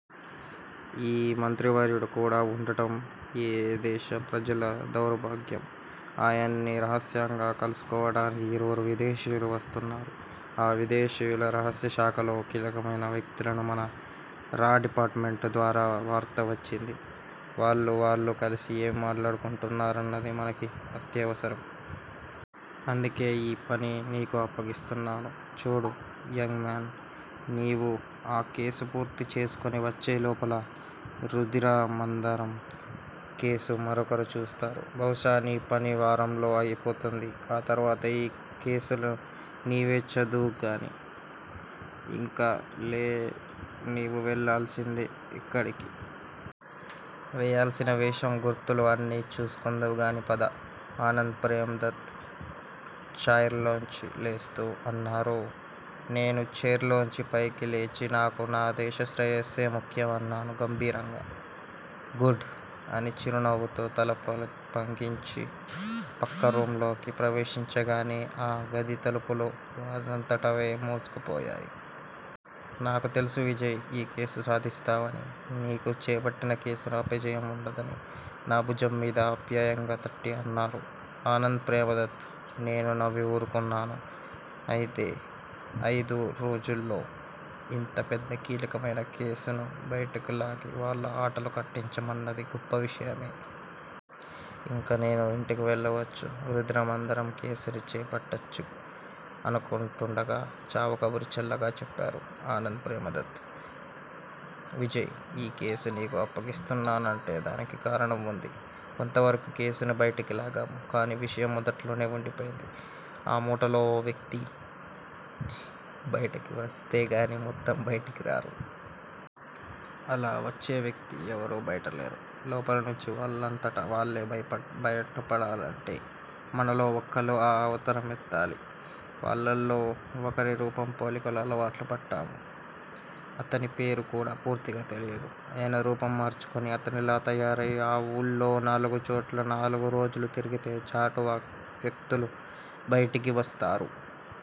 ఆ మంత్రివర్యుడు కూడా వుండటం యీ దేశ ప్రజల దౌర్భాగ్యం. ఆయన్ని రహస్యంగా కల్సుకోవటానికి ఇరువురు విదేశీయులు వస్తున్నారు. ఆ విదేశీయులు రహస్య శాఖలో కీలకమైన వ్యక్తులని మన రా డిపార్టుమెంట్ ద్వారా వార్త వచ్చింది. వాళ్ళూ వాళ్ళూ కలిసి ఏమి మాట్లాడుకుంటున్నారన్నది మనకి అత్యవసరం. అందుకే యీ పని నీకు అప్పగిస్తున్నాను. చూడు యంగ్ మాన్! నీవు ఆ కేసు పూర్తి చేసుకుని వచ్చే లోపల రుధిరమందారం కేసు మరొకరు చూస్తారు. బహుశా నీ పని వారంలో అయిపోతుంది. ఆ తర్వాత ఆ కేసును నీవే చూద్దువుగాని. ఇంక లే నీవు వెళ్ళాల్సింది ఎక్కడికి. వేయాల్సిన వేషం, గుర్తులు అన్నీ చూసుకుందువుగాని పద. ఆనంద్ ప్రేమ్ దత్ ఛయిర్లోంచి లేస్తూ అన్నారు. నేను ఛయిర్ లోంచి పైకి లేచి నాకు నా దేశ శ్రేయస్సే ముఖ్యం అన్నాను గంభీర్యంగా. గుడ్! అని చిరునవ్వుతో తల పాలపంకించి పక్క రూమ్ లోకి ప్రవేశించగానే ఆ గది తలుపులు వాటంతట అవే మూసుకుపోయాయి. నాకు తెలుసు విజయ్! యీ కేసు సాధిస్తావని నీవు చేపట్టిన కేసుకి అపజయం వుండదని. నా భుజం మీద ఆప్యాయంగా తట్టి అన్నారు ఆనంద్ ప్రేమదత్. నేను నవ్వి ఊరుకున్నాను. అయిదే అయిదు రోజుల్లో ఇంత పెద్ద కీలకమైన కేసుని బయటకులాగి వాళ్ళ ఆటలు కట్టించటమన్నది గొప్ప విషయమే. ఇంక నేను ఇంటికి వెళ్ళవచ్చు, రుధిరమందారం కేసుని చేపట్టవచ్చు అనుకుంటుండగా చావుకబురు చల్లగా చెప్పారు ఆనంద్ ప్రేమదత్. విజయ్! యీ కేసు నీకు అప్పగిస్తున్నానంటే దానికి కారణం వుంది. కొంత వరకు కేసును బైటికి లాగాము. కాని విషయం మొదట్లోనే వుండిపోయింది. ఆ ముఠాలో ఓ వ్యక్తి బయటికి వస్తేగాని మొత్తం బయటికి రారు. అలా వచ్చే వ్యక్తి ఎవరూ బయటలేరు. లోపల నుంచి వాళ్ళంతట వాళ్ళే భయప బయటపడాలంటే మనలో ఒకళ్ళు ఆ అవతారం ఎత్తాలి. వాళ్ళలో వకరి రూపం పోలికలు అలవాట్లు పట్టాము. అతని పేరు కూడా పూర్తిగా తెలియదు. అయినా రూపం మార్చుకుని అతనిలా తయారయి ఆ ఊళ్ళో నాలుగు చోట్ల నాలుగు రోజులు తిరిగితే చాటు వ్యక్తులు బయటకి వస్తారు.